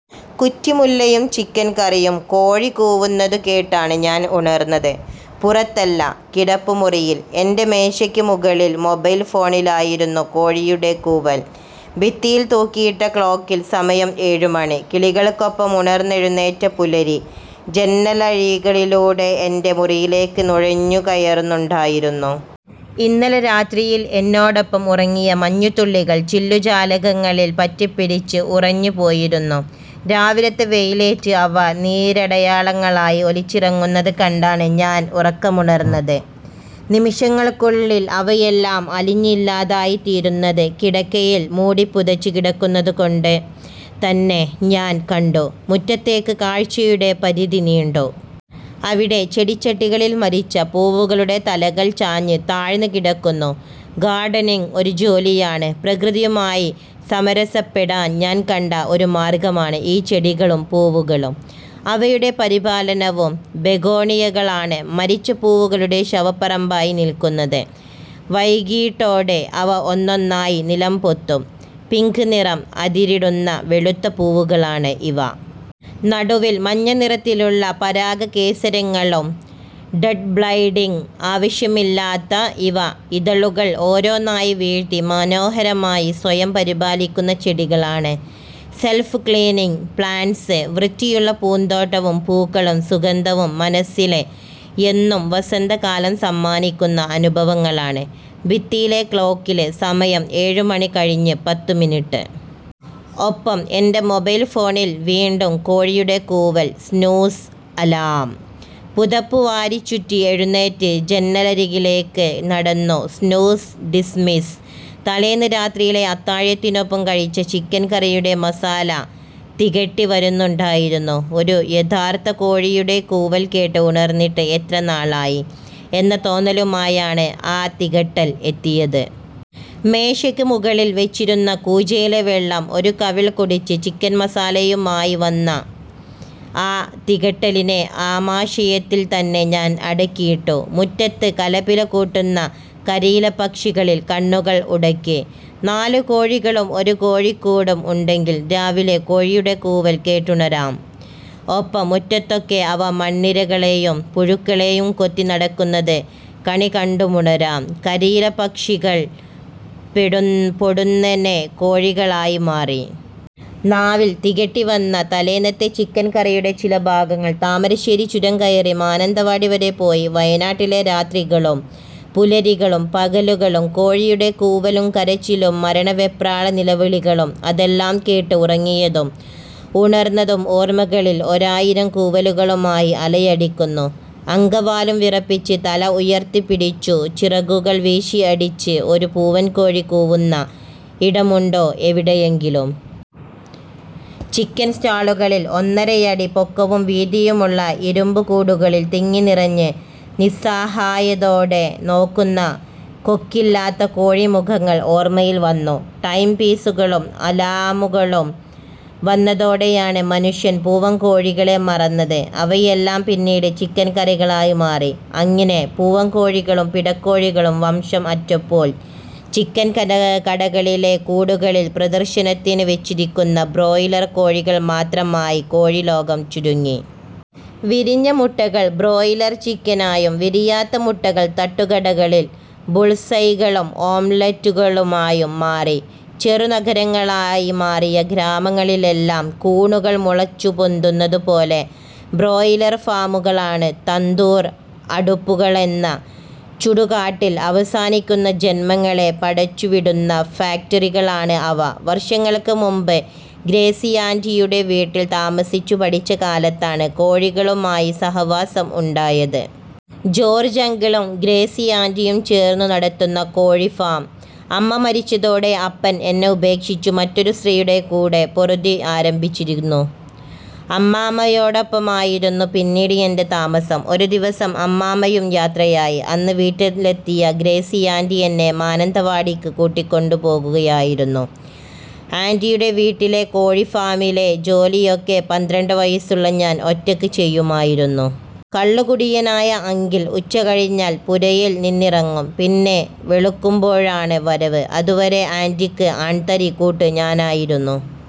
കുറ്റിമുല്ലയും chicken കറിയും കോഴി കൂവുന്നതു കേട്ടാണ് ഞാൻ ഉണർന്നത്. പുറത്തല്ല, കിടപ്പുമുറിയിൽ. എന്റെ മേശയ്ക്ക് മുകളിൽ മൊബൈൽ ഫോണിലായിരുന്നു കോഴിയുടെ കൂവൽ. ഭിത്തിയിൽ തൂക്കിയിട്ട ക്ലോക്കിൽ സമയം ഏഴുമണി. കിളികൾക്കൊപ്പം ഉണർന്നെഴുനേറ്റ പുലരി ജന്നലഴികളിലൂടെ എന്റെ മുറിയിലേക്ക് നുഴഞ്ഞു കയറുന്നുണ്ടായിരുന്നു. ഇന്നലെ രാത്രിയിൽ എന്നോടൊപ്പം ഉറങ്ങിയ മഞ്ഞുതുള്ളികൾ ചില്ലു ജാലകങ്ങളിൽ പറ്റിപ്പിടിച്ച് ഉറഞ്ഞ് പോയിരുന്നു. രാവിലത്തെ വെയിലേറ്റ് അവ നീരടയാളങ്ങളായി ഒലിച്ചിറങ്ങുന്നതു കണ്ടാണ് ഞാൻ ഉറക്കമുണർന്നത്. നിമിഷങ്ങൾക്കുള്ളിൽ അവയെല്ലാം അലിഞ്ഞ് ഇല്ലാതായിത്തീരുന്നത് കിടക്കയിൽ മൂടിപ്പുതച്ച് കിടന്നുകൊണ്ട് തന്നെ ഞാൻ കണ്ടു. മുറ്റത്തേക്ക് കാഴ്ചയുടെ പരിധി നീണ്ടു. അവിടെ ചെടിച്ചട്ടികളിൽ മരിച്ച പൂവുകളുടെ തലകൾ ചാഞ്ഞ് താഴ്ന്ന് കിടക്കുന്നു. ഗാർഡനിംഗ് ഒരു ജോലിയാണ്. പ്രകൃതിയുമായി സമരസപ്പെടാൻ ഞാൻ കണ്ട ഒരു മാർഗമാണ് ഈ ചെടികളും പൂവുകളും അവയുടെ പരിപാലനവും. ബെഗോണിയകളാണ് മരിച്ച പൂവുകളുടെ ശവപ്പറമ്പായി നിൽക്കുന്നത്. വൈകീട്ടോടെ അവ ഒന്നൊന്നായി നിലംപൊത്തും. പിങ്ക് നിറം അതിരിടുന്ന വെളുത്ത പൂവുകളാണ് ഇവ. നടുവിൽ മഞ്ഞ നിറത്തിലുള്ള പരാഗകേസരങ്ങളും. ഡെഡ്ബെഡ്ഡിംഗ് ആവശ്യമില്ലാത്ത ഇവ ഇതളുകൾ ഒരോന്നായി വീഴ്ത്തി മനോഹരമായി സ്വയം പരിപാലിക്കുന്ന ചെടികളാണ് -സെല്ഫ് ക്ലീനിംഗ് പ്ലാന്റ്സ്. വൃത്തിയുള്ള പൂന്തോട്ടവും, പൂക്കളും, സുഗന്ധവും മനസ്സില് എന്നും വസന്തകാലം സമ്മാനിക്കുന്ന അനുഭവങ്ങളാണ് ഭിത്തിയിലെ ക്ലോക്കില് സമയം ഏഴു മണി കഴിഞ്ഞ് പത്ത് മിനിട്ട്. ഒപ്പം, എന്റെ മൊബൈൽ ഫോണിൽ വീണ്ടും കോഴിയുടെ കൂവൽ സ്നൂസ് അലാം. പുതപ്പുവാരിച്ചുറ്റി എഴുന്നേറ്റ് ജന്നലരികിലേക്ക് നടന്നു സ്നൂസ് ഡിസ്മിസ്. തലേന്ന് രാത്രിയിലെ അത്താഴത്തിനൊപ്പം കഴിച്ച ചിക്കൻ കറിയുടെ മസാല തികട്ടി വരുന്നുണ്ടായിരുന്നു. ഒരു യഥാർത്ഥ കോഴിയുടെ കൂവൽ കേട്ട് ഉണർന്നിട്ട് എത്ര നാളായി എന്ന തോന്നലുമായാണ് ആ തികട്ടൽ എത്തിയത്. മേശയ്ക്ക് മുകളിൽ വെച്ചിരുന്ന കൂജയിലെ വെള്ളം ഒരു കവിൾ കുടിച്ച് ചിക്കൻ മസാലയുമായി വന്ന ആ തികട്ടലിനെ ആമാശയത്തിൽ തന്നെ ഞാൻ അടക്കിയിട്ടു. മുറ്റത്ത് കലപിലകൂട്ടുന്ന കരിയിലപക്ഷികളിൽ കണ്ണുകൾ ഉടക്കി. നാലു കോഴികളും ഒരു കോഴിക്കൂടും ഉണ്ടെങ്കിൽ രാവിലെ കോഴിയുടെ കൂവൽ കേട്ടുണരാം. ഒപ്പം മുറ്റത്തൊക്കെ അവ മണ്ണിരകളെയും പുഴുക്കളേയും കൊത്തി നടക്കുന്നത് കണികണ്ടുമുണരാം കരിയില പക്ഷികൾ പെടു പൊടുന്നനെ കോഴികളായി മാറി. നാവിൽ തികട്ടിവന്ന തലേന്നത്തെ ചിക്കൻ കറിയുടെ ചില ഭാഗങ്ങൾ താമരശ്ശേരി ചുരം കയറി മാനന്തവാടി വരെ പോയി വയനാട്ടിലെ രാത്രികളും, പുലരികളും, പകലുകളും കോഴിയുടെ കൂവലും കരച്ചിലും മരണവെപ്രാള നിലവിളികളും അതെല്ലാം കേട്ട് ഉറങ്ങിയതും ഉണർന്നതും, ഓർമകളിൽ ഒരായിരം കൂവലുകളുമായി അലയടിക്കുന്നു അങ്കവാലും വിറപ്പിച്ച് തല ഉയർത്തിപ്പിടിച്ചു ചിറകുകൾ വീശിഅടിച്ച് ഒരു പൂവൻ കോഴി കൂവുന്ന ഇടമുണ്ടോ എവിടെയെങ്കിലും.? ചിക്കൻ സ്റ്റാളുകളിൽ, ഒന്നരയടി പൊക്കവും വീതിയുമുള്ള ഇരുമ്പുകൂടുകളിൽ തിങ്ങിനിറഞ്ഞ് നിസ്സാഹയതോടെ നോക്കുന്ന കൊക്കില്ലാത്ത കോഴി മുഖങ്ങൾ ഓർമയിൽ വന്നു. ടൈം പീസുകളും അലാമുകളും വന്നതോടെയാണ് മനുഷ്യൻ പൂവൻ കോഴികളെ മറന്നത്. അവയെയെല്ലാം പിന്നീട് ചിക്കൻ കറികളായി മാറി. അങ്ങിനെ പൂവൻകോഴികളും പിടക്കോഴികളും വംശം അറ്റപ്പോൾ ചിക്കൻ കത കടകളിലെ കൂടുകളിൾ പ്രദർശനത്തിന് വെച്ചിരിക്കുന്ന ബ്രോയിലർ കോഴികൾ മാത്രമായി കോഴിലോകം ചുരുങ്ങി. വിരിഞ്ഞ മുട്ടകൾ ബ്രോയിലർ ചിക്കനായും വിരിയാത്ത മുട്ടകൾ തട്ടുകടകളിൽ ബുള്സൈകളും ഓംലെറ്റുകളുമായും മാറി ചെറുനഗരങ്ങളായി മാറിയ ഗ്രാമങ്ങളിലെല്ലാം കൂണുകൾ മുളച്ചു പൊന്തുന്നതു പോലെ ബ്രോയിലർ ഫാമുകളാണ്. തന്തൂർ അടുപ്പുകളെന്ന ചുടുകാട്ടിൽ അവസാനിക്കുന്ന ജന്മങ്ങളെ പടച്ചുവിടുന്ന ഫാക്ടറികളാണ് അവ. വർഷങ്ങൾക്ക് മുമ്പ് ഗ്രേസിയാന്റിയുടെ വീട്ടിൽ താമസിച്ചു പഠിച്ച കാലത്താണ് കോഴികളുമായി സഹവാസം ഉണ്ടായത്. ജോർജങ്കിളും ഗ്രേസിയാന്റിയും ചേർന്നു നടത്തുന്ന കോഴിഫാം. അമ്മ മരിച്ചതോടെ അപ്പൻ എന്നെ ഉപേക്ഷിച്ചു മറ്റൊരു സ്ത്രീയുടെ കൂടെ പൊറുതി ആരംഭിച്ചിരുന്നു. അമ്മാമ്മയൊടൊപ്പമായിരുന്നു പിന്നീട് എന്റെ താമസം. ഒരു ദിവസം അമ്മാമ്മയും യാത്രയായി. അന്ന് വീട്ടിലെത്തിയ ഗ്രേസിയാന്റി എന്നെ മാനന്തവാടിക്ക് കൂട്ടിക്കൊണ്ടു പോകുകയായിരുന്നു. ആൻ്റിയുടെ വീട്ടിലെ കോഴിഫാമിലെ ജോലിയൊക്കെ പന്ത്രണ്ട് വയസ്സുള്ള ഞാൻ ഒറ്റയ്ക്ക് ചെയ്യുമായിരുന്നു. കള്ളുകുടിയനായ അങ്കിൾ ഉച്ചകഴിഞ്ഞാൽ പുരയിൽ നിന്നിറങ്ങും പിന്നെ വെളുക്കുമ്പോഴാണ് വരവ്. അതുവരെ ആന്റിക്ക് ആൺതരി കൂട്ട് ഞാനായിരുന്നു.